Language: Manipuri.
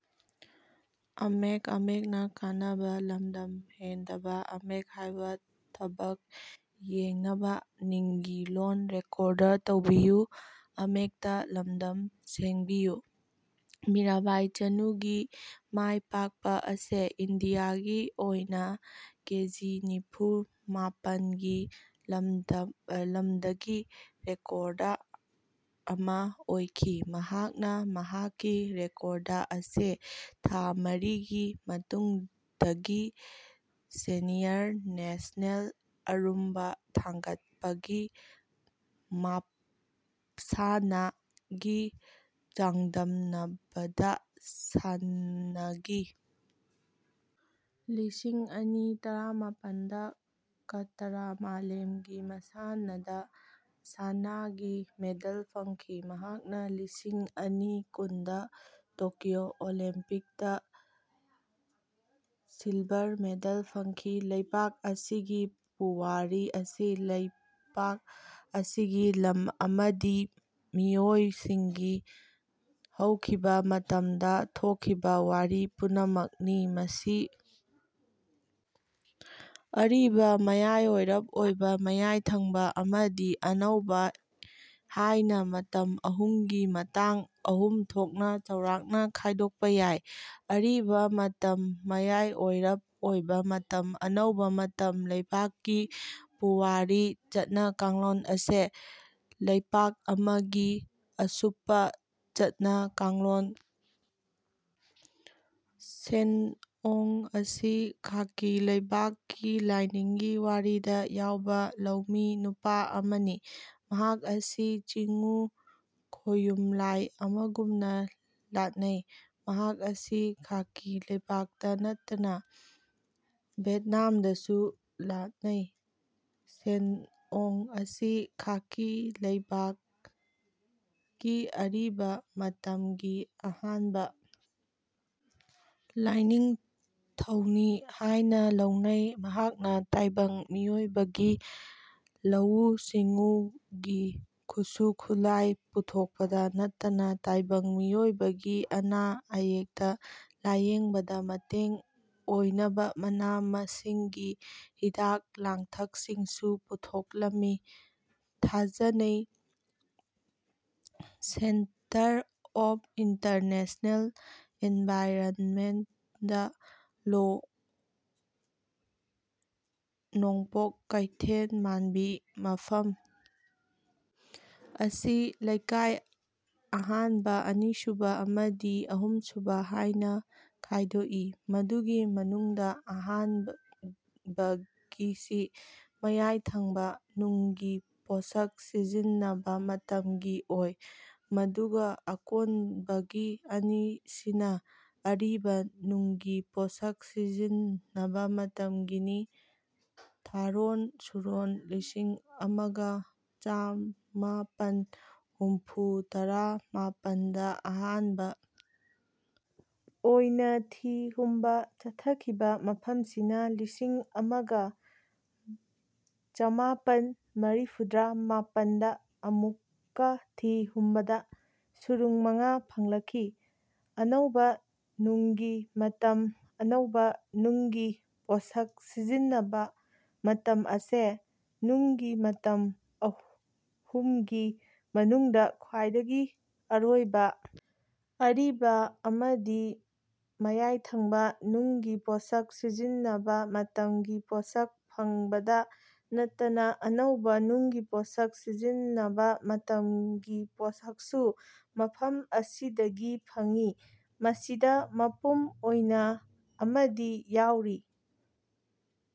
ꯃꯤꯔꯥꯕꯥꯏ ꯆꯅꯨꯒꯤ ꯃꯥꯢ ꯄꯥꯛꯄ ꯑꯁꯤ ꯏꯟꯗꯤꯌꯥ ꯒꯤ ꯑꯣꯢꯅ ꯀꯦꯖꯤ ꯅꯤꯐꯨ - ꯃꯥꯄꯟ ꯒꯤ ꯂꯝꯗꯒꯤ ꯔꯦꯀꯣꯔꯗ ꯑꯃ ꯑꯣꯢꯈꯤ꯫ ꯃꯍꯥꯛꯅ ꯃꯍꯥꯛꯀꯤ ꯔꯦꯀꯣꯔꯗ ꯑꯁꯤ ꯊꯥ ꯃꯔꯤꯒꯤ ꯃꯇꯨꯡꯗ ꯒꯤ ꯁꯦꯅꯤꯌꯔ ꯅꯦꯁꯅꯦꯜ ꯑꯔꯨꯝꯕ ꯊꯥꯡꯒꯠꯄꯒꯤ ꯃꯁꯥꯟꯅ ꯒꯤ ꯆꯥꯡꯗꯝꯅꯕꯗ ꯁꯅꯥꯒꯤ ꯂꯤꯁꯤꯡ ꯑꯅꯤ ꯇꯔꯥꯃꯥꯄꯟꯗ ꯀꯇꯔ ꯃꯥꯂꯦꯝꯒꯤ ꯃꯁꯥꯟꯅꯗ ꯁꯅꯥꯒꯤ ꯃꯦꯗꯜ ꯐꯪꯈꯤ꯫ ꯃꯍꯥꯛꯅ ꯂꯤꯁꯤꯡ ꯑꯅꯤ ꯀꯨꯟꯗ ꯇꯣꯀ꯭ꯌꯣ ꯑꯣꯂꯤꯝꯄꯤꯛꯁꯇ ꯁꯤꯜꯚꯔ ꯃꯦꯗꯜ ꯐꯪꯈꯤ꯫ ꯂꯩꯄꯥꯛ ꯑꯁꯤꯒꯤ ꯄꯨꯋꯥꯔꯤ ꯑꯁꯤ ꯂꯩꯄꯥꯛ ꯑꯁꯤꯒꯤ ꯂꯝ ꯑꯃꯗꯤ ꯃꯤꯑꯣꯢꯁꯤꯡꯒꯤ ꯍꯧꯈꯤꯕ ꯃꯇꯝꯗ ꯊꯣꯛꯈꯤꯕ ꯋꯥꯔꯤ ꯄꯨꯝꯅꯃꯛꯅꯤ꯫ ꯃꯁꯤ ꯑꯔꯤꯕ, ꯃꯌꯥꯢꯋꯥꯢꯔꯞ ꯑꯣꯢꯕ (ꯃꯌꯥꯢ ꯊꯪꯕ), ꯑꯃꯗꯤ ꯑꯅꯧꯕ ꯍꯥꯢꯅ ꯃꯇꯝ ꯑꯍꯨꯝꯒꯤ ꯃꯇꯥꯡ ꯑꯍꯨꯝ ꯊꯣꯛꯅ ꯆꯥꯎꯔꯥꯛꯅ ꯈꯥꯢꯗꯣꯛꯄ ꯌꯥꯢ꯫ ꯑꯔꯤꯕ ꯃꯇꯝ ꯃꯌꯥꯢꯋꯥꯢꯔꯞ ꯑꯣꯢꯕ ꯃꯇꯝ ꯑꯅꯧꯕ ꯃꯇꯝ ꯂꯩꯄꯥꯛꯀꯤ ꯄꯨꯋꯥꯔꯤ ꯆꯠꯅ ꯀꯥꯡꯂꯣꯟ ꯑꯁꯤ ꯂꯩꯄꯥꯛ ꯑꯃꯒꯤ ꯑꯁꯨꯞꯄ ꯆꯠꯅ ꯀꯥꯡꯂꯣꯟ ꯁꯦꯟꯅꯣꯡ ꯑꯁꯤ ꯈꯥꯀꯤ ꯂꯩꯄꯥꯛ ꯀꯤ ꯂꯥꯢꯅꯤꯡꯒꯤ ꯋꯥꯔꯤꯗ ꯌꯥꯎꯕ ꯂꯧꯃꯤ ꯅꯨꯄꯥ ꯑꯃꯅꯤ꯫ ꯃꯍꯥꯛ ꯑꯁꯤ ꯆꯤꯉꯨ ꯈꯣꯌꯨꯝ ꯂꯥꯢ ꯑꯃꯒꯨꯝꯅ ꯂꯥꯠꯅꯩ꯫ ꯃꯍꯥꯛ ꯑꯁꯤ ꯈꯥꯀꯤ ꯂꯩꯄꯥꯛꯇ ꯅꯠꯇꯅ ꯚꯦꯠꯅꯥꯝꯗꯁꯨ ꯂꯥꯠꯅꯩ꯫ ꯁꯦꯟꯅꯣꯡ ꯑꯁꯤ ꯈꯥꯀꯤ ꯂꯩꯄꯥꯛ ꯀꯤ ꯑꯔꯤꯕ ꯃꯇꯝꯒꯤ ꯑꯍꯥꯟꯕ ꯂꯥꯢꯅꯤꯡꯊꯧꯅꯤ ꯍꯥꯢꯅ ꯂꯧꯅꯩ꯫ ꯃꯍꯥꯛꯅ ꯇꯥꯢꯕꯪ ꯃꯤꯑꯣꯢꯕꯒꯤ ꯂꯧꯎ ꯁꯤꯡꯎꯒꯤ ꯈꯨꯠꯁꯨ ꯈꯨꯠꯂꯥꯢ ꯄꯨꯊꯣꯛꯄꯗ ꯅꯠꯇꯅ ꯇꯥꯢꯕꯪ ꯃꯤꯑꯣꯢꯕꯒꯤ ꯑꯅꯥ ꯑꯌꯦꯛꯇ ꯂꯥꯢꯌꯦꯡꯕꯗ ꯃꯇꯦꯡ ꯑꯣꯢꯅꯕ ꯃꯅꯥ ꯃꯁꯤꯡꯒꯤ ꯍꯤꯗꯥꯛ ꯂꯥꯡꯊꯛꯁꯤꯡꯁꯨ ꯄꯨꯊꯣꯛꯂꯝꯃꯤ ꯊꯥꯖꯅꯩ꯫ ꯁꯦꯟꯇꯔ ꯐꯣꯔ ꯏꯟꯇꯔꯅꯦꯁꯅꯦꯜ ꯏꯟꯚꯥꯏꯔꯟꯃꯦꯟꯇ ꯂꯣ ꯅꯣꯡꯄꯣꯛ ꯀꯩꯊꯦꯜꯃꯥꯟꯕꯤ ꯃꯐꯝ ꯑꯁꯤ ꯂꯩꯀꯥꯢ ꯑꯍꯥꯟꯕ, ꯑꯅꯤꯁꯨꯕ ꯑꯃꯗꯤ ꯑꯍꯨꯝꯁꯨꯕ ꯍꯥꯢꯅ ꯈꯥꯢꯗꯣꯛꯏ꯫ ꯃꯗꯨꯒꯤ ꯃꯅꯨꯡꯗ ꯑꯍꯥꯟꯕꯒꯤꯁꯤ ꯃꯌꯥꯢꯊꯪꯕ ꯅꯨꯡꯒꯤ ꯄꯣꯠꯁꯛ ꯁꯤꯖꯤꯟꯅꯕ ꯃꯇꯝꯒꯤ ꯑꯣꯢ꯫ ꯑꯗꯨꯒ ꯑꯀꯣꯟꯕꯒꯤ ꯑꯅꯤꯁꯤꯅ ꯑꯔꯤꯕ ꯅꯨꯡꯒꯤ ꯄꯣꯠꯁꯛ ꯁꯤꯖꯤꯟꯅꯕ ꯃꯇꯝꯒꯤꯅꯤ꯫ ꯊꯥꯔꯣꯟ ꯁꯨꯔꯨꯡ ꯂꯤꯁꯤꯡ ꯑꯃꯒ ꯆꯃꯥꯄꯟ ꯍꯨꯝꯐꯨꯇꯔꯥ ꯃꯥꯄꯟꯗ ꯑꯍꯥꯟꯕ ꯑꯣꯢꯅ ꯊꯤ ꯍꯨꯝꯕ ꯆꯠꯊꯈꯤꯕ ꯃꯐꯝꯁꯤ ꯅ ꯂꯤꯁꯤꯡ ꯑꯃꯒ ꯆꯃꯥꯄꯟ ꯃꯔꯤꯐꯨꯇꯔꯥ ꯃꯥꯄꯟꯗ ꯑꯃꯨꯛꯀ ꯊꯤ ꯍꯨꯝꯕ ꯗ ꯁꯨꯔꯨꯡ ꯃꯉꯥ ꯐꯪꯂꯛꯈꯤ꯫ ꯑꯅꯧꯕ ꯅꯨꯡꯒꯤ ꯃꯇꯝ ꯑꯅꯧꯕ ꯅꯨꯡꯒꯤ ꯄꯣꯠꯁꯛ ꯁꯤꯖꯤꯟꯅꯕ ꯃꯇꯝ ꯑꯁꯤ ꯅꯨꯡꯒꯤ ꯃꯇꯝ ꯑꯍꯨꯝꯒꯤ ꯃꯅꯨꯡꯗ ꯈ꯭ꯋꯥꯢꯗꯒꯤ ꯑꯔꯣꯢꯕ ꯑꯔꯤꯕ ꯑꯃꯗꯤ ꯃꯌꯥꯢꯊꯪꯕ ꯅꯨꯡꯒꯤ ꯄꯣꯠꯁꯛ ꯁꯤꯖꯤꯟꯅꯕ ꯃꯇꯝꯒꯤ ꯄꯣꯠꯁꯛ ꯐꯪꯕꯗ ꯅꯠꯇꯅ ꯑꯅꯧꯕ ꯅꯨꯡꯒꯤ ꯄꯣꯠꯁꯛ ꯁꯤꯖꯤꯟꯅꯕ ꯃꯇꯝꯒꯤ ꯄꯣꯠꯁꯛꯁꯨ ꯃꯐꯝ ꯑꯁꯤꯗꯒꯤ ꯐꯪꯏ꯫ ꯃꯁꯤꯗ ꯃꯄꯨꯡ ꯑꯣꯢꯅ ꯑꯃꯗꯤ ꯌꯥꯎꯔꯤ꯫